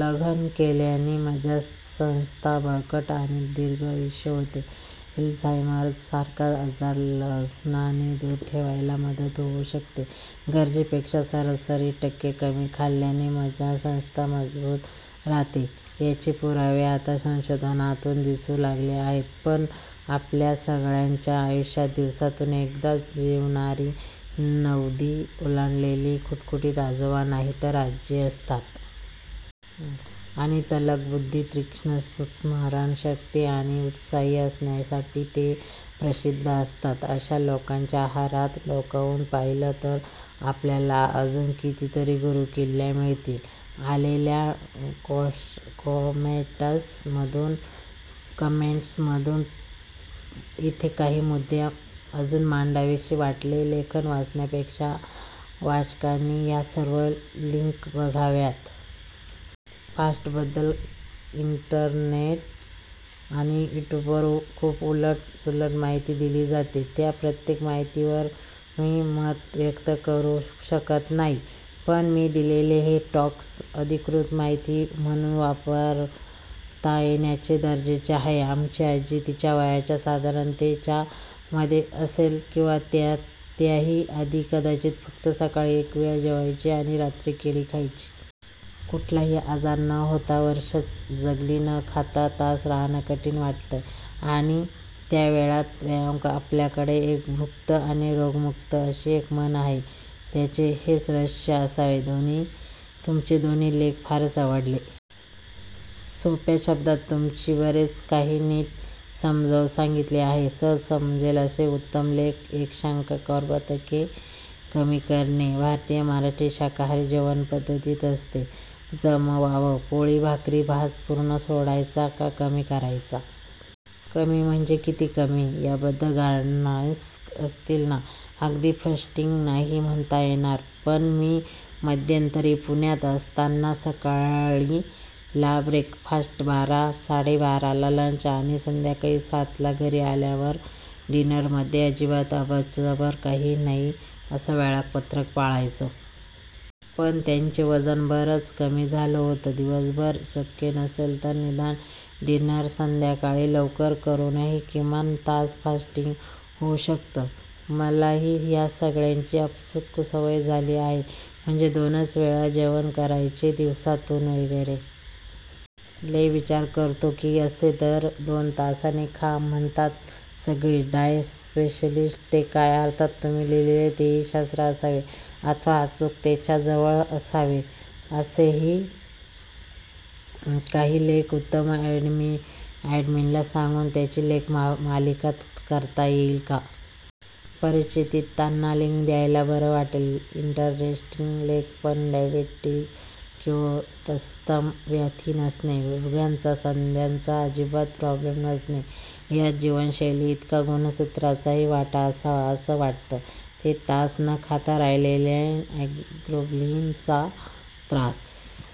लंघन केल्यानी मज्जासंस्था बळकट आणि दीर्घायुषी होते. अल्झायमर्स सारखा आजार लंघनाने दूर ठेवायला मदत होऊ शकते. गरजेपेक्षा सरासरी टक्के कमी खाल्ल्याने मज्जासंस्था मजबूत राहते याचे पुरावे आता संशोधनातून दिसू लागले आहेत. पण आप्ल्या सगळ्यांच्या आयुष्यात दिवसातून एकदाच जेवणारे, नव्वदी ओलांडलेले खुटखुटीत आजोबा नाहीतर आजी असतात. आणि तल्लख बुद्धी, तीक्ष्ण स्मरणशक्ती, आणि उत्साही असण्यासाठी ते प्रसिद्ध असतात. अशा लोकांच्या आहारात डोकावून पाहिलं तर आपल्याला अजून कितीतरी गुरुकिल्ल्या मिळतील! आलेल्या कॉमेंट्स मधून इथे काही मुद्दे अजून मांडावेसे वाटले लेखन वाचण्यापेक्षा वाचकांनी या सर्व लिंक्स बघाव्यात. फास्टिंग बद्दल इंटरनेट आणि युट्युबवर खूप उलट सुलट माहिती दिली जाते. त्या प्रत्येक माहितीवर मी मत व्यक्त करू शकत नाही. पण मी दिलेले हे टॉक्स अधिकृत माहिती म्हणून वापरता येण्याच्या दर्जाचे आहेत. आमची आजी तिच्या वयाच्या साधारण ते च्या मधे असेल किंवा त्या ही आधी कदाचित, फक्त सकाळी एक वेळ जेवायची आणि रात्री केळी खायची. कुठलाही आजार न होता वर्षे जगली. न खाता तास राहणं कठीण वाटतयं. आणि त्या वेळात व्यायाम? आपल्याकडे "एक भुक्त आणि रोगमुक्त" अशी एक म्हण आहे. त्याचे हेच रहस्य असावे. तुमचे दोन्ही लेख फारच आवडले. सोप्या शब्दांत तुम्ही बरेच काही नीट समजावून सांगितले आहे. सहज समजेल असं.., उत्तम लेख. एक शंका, कार्बोदके कमी करणे हे भारतीय / महाराष्ट्रीय शाकाहारी जेवणपद्धतीत कसं जमवावं? पोळी / भाकरी / भात पूर्ण सोडायचा का कमी करायचा? कमी म्हणजे किती कमी? याबद्दल गाईडलाईन्स असतील ना? अगदी फास्टींग नाही म्हणता येणार पण मी मध्यंतरी पुण्यात असताना, सकाळी: ला ब्रेकफास्ट, बारा-साडेबाराला लंच आणि संध्याकाळी सातला घरी आल्यावर डीनर.. मधे अजिबात अबरचबर काही नाही असं वेळापत्रक पाळायचो. पण त्याने वजन बरच कमी झालं होतं. दिवसभर शक्य नसेल तर निदान डीनर संध्याकाळी लवकर करूनही किमान तास फास्टींग होऊ शकतं. मलाही ह्या सगळ्याची आपसूक सवय आहे. म्हणजे दोनच वेळा जेवण करायचे दिवसातून वगैरे. लै विचार करतो की असे दर दोन तासाने खा म्हणतात सगळेच डायट स्पेशालिस्ट ते का? अर्थात तुम्ही लिहिलेत तेही शास्त्र असावे अथवा अचूकतेच्या जवळ असावे असेही नाही. हाही लेख उत्तम. ॲडमिनला सांगून याची लेखमालिका करता येईल का? परिचितांना लिंक द्यायला बरं पडेल. इंटरेस्टिंग लेख! पण डायबेटिस किंवा तत्सम व्याधी नसणे, गुडघ्याचा, सांध्यांचा अजिबात प्रॉब्लेम नसणे ह्यात जीवनशैलीइतकाच गुणसुत्रांचाही वाटा असावा असं वाटतं. ते तास न खाता राहिल्याने हायपोग्लायसेमिया चा त्रास